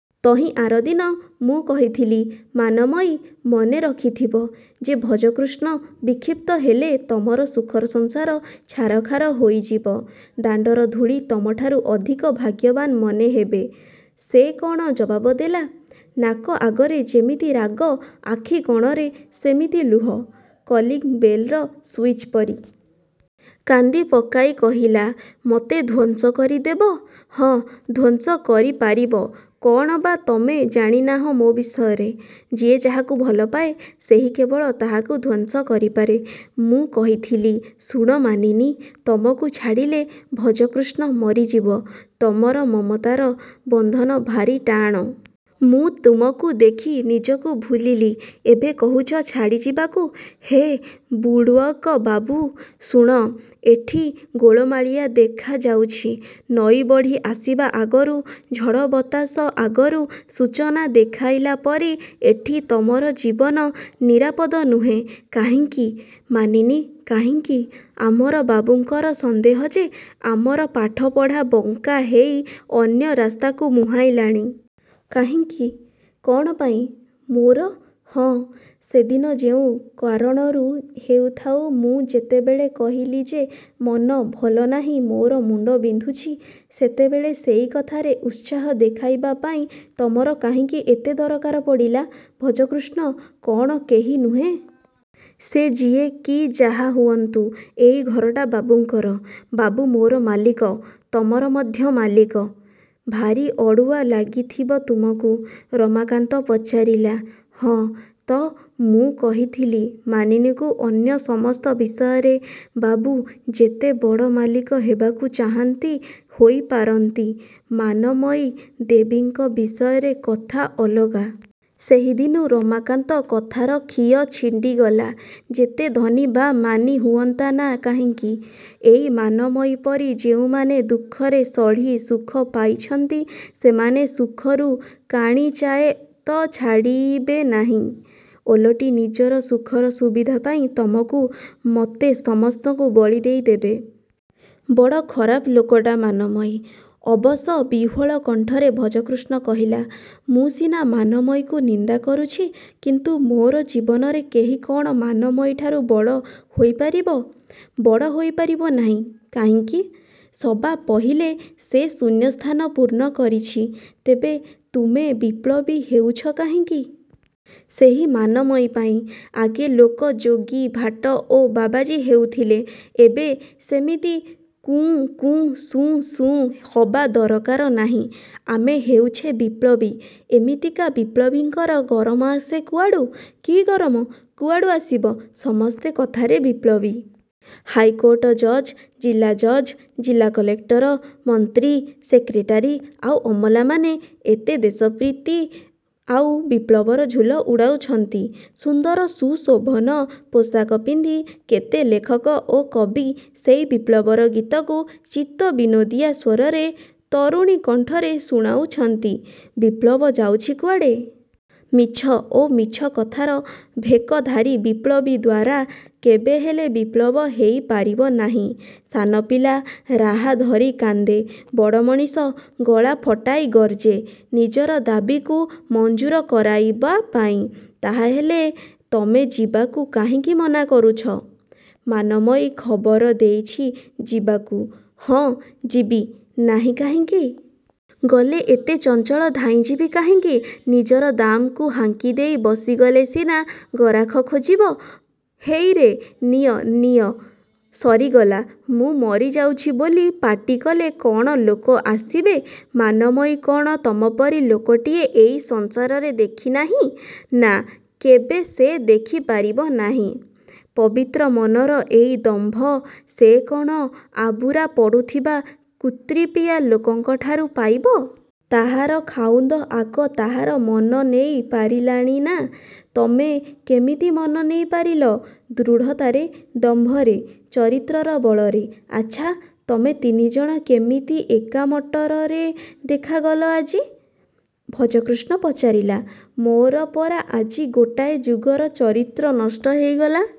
-ତହିଁ ଆରଦିନ ମୁଁ କହିଥିଲି-ମାନମୟୀ, ମନେ ରଖିଥିବ ଯେ ଭଜକୃଷ୍ଣ ବିକ୍ଷିପ୍ତ ହେଲେ ତମର ସୁଖର ସଂସାର ଛାରଖାର ହୋଇଯିବ। ଦାଣ୍ଡର ଧୂଳି ତମଠାରୁ ଅଧିକ ଭାଗ୍ୟବାନ ମନେ ହେବେ। -ସେ କ'ଣ ଜବାବ ଦେଲା? -ନାକ ଆଗରେ ଯେମିତି ରାଗ, ଆଖି କଣରେ ସେମିତି ଲୁହ-କଲିଙ୍ଗ୍ ବେଲ୍ର ସୁଇଚ୍ପରି। କାନ୍ଦି ପକାଇ କହିଲା-ମତେ ଧ୍ୱଂସ କରିଦବ? ହଁ, ଧ୍ୱଂସ କରିପାରିବ। କ'ଣ ବା ତମେ ଜାଣନାହିଁ ମୋ ବିଷୟରେ? ଯିଏ ଯାହାକୁ ଭଲପାଏ। ସେହି କେବଳ ତାହାକୁ ଧ୍ୱଂସ କରିପାରେ। -ମୁଁ କହିଥିଲି, ଶୁଣ ମାନିନୀ। ତମକୁ ଛାଡ଼ିଲେ ଭଜକୃଷ୍ଣ ମରିଯିବ। ତମର ମମତାର ବନ୍ଧନ ଭାରି ଟାଣ। ମୁଁ ତୁମକୁ ଦେଖି ନିଜକୁ ଭୁଲିଲି। ଏବେ କହୁଛ ଛାଡ଼ିଯିବାକୁ। -ହେ, ବୁଡ଼୍ବକ ବାବୁ। ଶୁଣ-ଏଠି ଗୋଳମାଳିଆ ଦେଖା ଯାଉଛି। ନଈବଢ଼ି ଆସିବା ଆଗରୁ, ଝଡ଼ବତାସ ଆଗରୁ ସୂଚନା ଦେଖାଇଲା ପରି ଏଠି ତମର ଜୀବନ ନିରାପଦ ନୁହେଁ। -କାହିଁକି, ମାନିନୀ,-କାହିଁକି? -ଅମର ବାବୁଙ୍କର ସନ୍ଦେହ ଯେ, ଆମର ପାଠପଢ଼ା ବଙ୍କା ହେଇ ଅନ୍ୟ ରାସ୍ତାକୁ ମୁହାଁଇଲାଣି। -କାହିଁକି? କ'ଣ ପାଇଁ? -ମୋର? -ହଁ। ସେଦିନ ଯେଉଁ କାରଣରୁ ହେଇଥାଉ ମୁଁ ଯେତେବେଳେ କହିଲି ଯେ, ମନ ଭଲନାହିଁ ମୋର ମୁଣ୍ଡ ବିନ୍ଧୁଛି, ସେତେବେଳେ ସେଇ କଥାରେ ଉତ୍ସାହ ଦେଖାଇବା ପାଇଁ ତମର କାହିଁକି ଏତେ ଦରକାର ପଡ଼ିଲା? -ଭଜକୃଷ୍ଣ କ'ଣ କେହି ନୁହେଁ? -ସେ ଯିଏ କି ଯାହା ହୁଅନ୍ତୁ, ଏଇ ଘରଟା ବାବୁଙ୍କର। ବାବୁ ମୋର ମାଲିକ। ତମର ମଧ୍ୟ ମାଲିକ। -ଭାରି ଅଡ଼ୁଆ ଲାଗିଥିବ ତୁମକୁ? ରମାକାନ୍ତ ପଚାରିଲା। -ହଁ, ତ। ମୁଁ କହିଥିଲି ମାନିନୀକୁ-ଅନ୍ୟ ସମସ୍ତ ବିଷୟରେ ବାବୁ ଯେତେବଡ଼ ମାଲିକ ହେବାକୁ ଚାହାଁନ୍ତି ହୋଇପାରନ୍ତି, ମାନମୟୀ ଦେବୀଙ୍କ ବିଷୟରେ କଥା ଅଲଗା। -ସେହିଦିନୁ ରମାକାନ୍ତ, କଥାର ଖିଅ ଛିଣ୍ଡିଗଲା। ଯେତେ ଧନୀ ବା ମାନୀ ହୁଅନ୍ତା ନା କାହିଁକି, ଏଇ ମାନମୟୀପରି ଯେଉଁମାନେ ଦୁଃଖରେ ସଢ଼ି ସୁଖ ପାଇଛନ୍ତି-ସେମାନେ ସୁଖରୁ କାଣିଚାଏ ତ ଛାଡ଼ିବେ ନାହିଁ। ଓଲଟି ନିଜର ସୁଖର ସୁବିଧା ପାଇଁ ତମକୁ-ମତେ-ସମସ୍ତଙ୍କୁ ବଳି ଦେଇ ଦେବେ। -ବଡ଼ ଖରାପ ଲୋକଟା ମାନମୟୀ। ଅବଶ ବିହ୍ୱଳ କଣ୍ଠରେ ଭଜକୃଷ୍ଣ କହିଲା-ମୁଁ ସିନା ମାନମୟୀକୁ ନିନ୍ଦା କରୁଛି; କିନ୍ତୁ ମୋର ଜୀବନରେ କେହି କ'ଣ ମାନମୟୀଠାରୁ ବଡ଼ ହୋଇପାରିବ? -ବଡ଼ ହେଇପାରିବ ନାହିଁ, କାହିଁକି? -ସବା ପହିଲେ ସେ ଶୂନ୍ୟସ୍ଥାନ ପୂର୍ଣ୍ଣ କରିଛି। -ତେବେ ତୁମେ ବିପ୍ଳବୀ ହେଉଛ କାହିଁକି? -ସେହି ମାନମୟୀ ପାଇଁ। ଆଗେ ଲୋକ ଯୋଗୀ, ଭାଟ ଓ ବାବାଜୀ ହେଉଥିଲେ। ଏବେ ସେମିତି କୁଉଁ କୁଉଁ-ସୁଉଁ ସୁଉଁ ହବା ଦରକାର ନାହିଁ। ଆମେ ହେଉଛେ ବିପ୍ଳବୀ। -ଏମିତିକା ବିପ୍ଳବୀଙ୍କର ଗରମ ଆସେ କୁଆଡ଼ୁ? -କି ଗରମ? କୁଆଡ଼ୁ ଆସିବ? ସମସ୍ତେ କଥାରେ ବିପ୍ଳବୀ। ହାଇକୋର୍ଟ ଜଜ, ଜିଲା ଜଜ, ଜିଲା କଲେକ୍ଟର, ମନ୍ତ୍ରୀ, ସେକ୍ରେଟାରୀ ଆଉ ଅମଲାମାନେ ଏତେ ଦେଶପ୍ରୀତି ଆଉ ବିପ୍ଳବର ଝୁଲ ଉଡ଼ାଉଛନ୍ତି। ସୁନ୍ଦର ସୁଶୋଭନ ପୋଷାକ ପିନ୍ଧି କେତେ ଲେଖକ ଓ କବି ସେଇ ବିପ୍ଳବର ଗୀତକୁ ଚିତ୍ତବିନୋଦିଆ ସ୍ୱରରେ ତରୁଣୀ କଣ୍ଠରେ ଶୁଣାଉଛନ୍ତି। ବିପ୍ଳବ ଯାଉଛି କୁଆଡ଼େ? -ମିଛ ଓ ମିଛକଥାର ଭେକଧାରୀ ବିପ୍ଳବୀ ଦ୍ୱାରା କେବେ ହେଲେ ବିପ୍ଳବ ହେଇପାରିବ ନାହିଁ। ସାନପିଲା ରାହାଧରି କାନ୍ଦେ-ବଡ଼ ମଣିଷ ଗଳା ଫଟାଇ ଗର୍ଜେ-ନିଜର ଦାବୀକୁ ମଞ୍ଜୁର କରାଇବା ପାଇଁ। -ତାହାହେଲେ ତମେ ଯିବାକୁ କାହିଁକି ମନା କରୁଛ? -ମାନମୟୀ ଖବର ଦେଇଛି ଯିବାକୁ। -ହଁ, ଯିବି ନାହିଁ କାହିଁକି? ଗଲେ ଏତେ ଚଞ୍ଚଳ ଧାଇଁଯିବି କାହିଁକି? ନିଜର ଦାମ୍କୁ ହାଙ୍କିଦେଇ ବସିଗଲେ ସିନା ଗରାଖ ଖୋଜିବ। ହେଇରେ-ନିଅ-ନିଅ-ସରିଗଲା-ମୁଁ ମରିଯାଉଛି ବୋଲି ପାଟିକଲେ କ'ଣ ଲୋକ ଆସିବେ? -ମାନମୟୀ କ'ଣ ତମପରି ଲୋକଟିଏ ଏଇ ସଂସାରରେ ଦେଖିନାହିଁ। -ନା, କେବେ ସେ ଦେଖି ପାରିବ ନାହିଁ। ପବିତ୍ର ମନର ଏଇ ଦମ୍ଭ ସେ କ'ଣ ଆବୁରା ପଡ଼ୁଥିବା କୁତ୍ରିପିଆ ଲୋକଙ୍କଠାରୁ ପାଇବ? ତାହାର ଖାଉନ୍ଦ ଆଗ ତାହାର ମନ ନେଇ ପାରିଲାଣି ନା- -ତମେ କେମିତି ମନ ନେଇ ପାରିଲ? -ଦୃଢ଼ତାରେ-ଦମ୍ଭରେ-ଚରିତ୍ରର ବଳରେ। -ଆଚ୍ଛା, ତମେ ତିନିଜଣ କେମିତି ଏକା ମଟରରେ ଦେଖାଗଲ ଆଜି? ଭଜକୃଷ୍ଣ ପଚାରିଲା। -ମୋର ପରା ଆଜି ଗୋଟାଏ ଯୁଗର ଚରିତ୍ର ନଷ୍ଟ ହେଇଗଲା।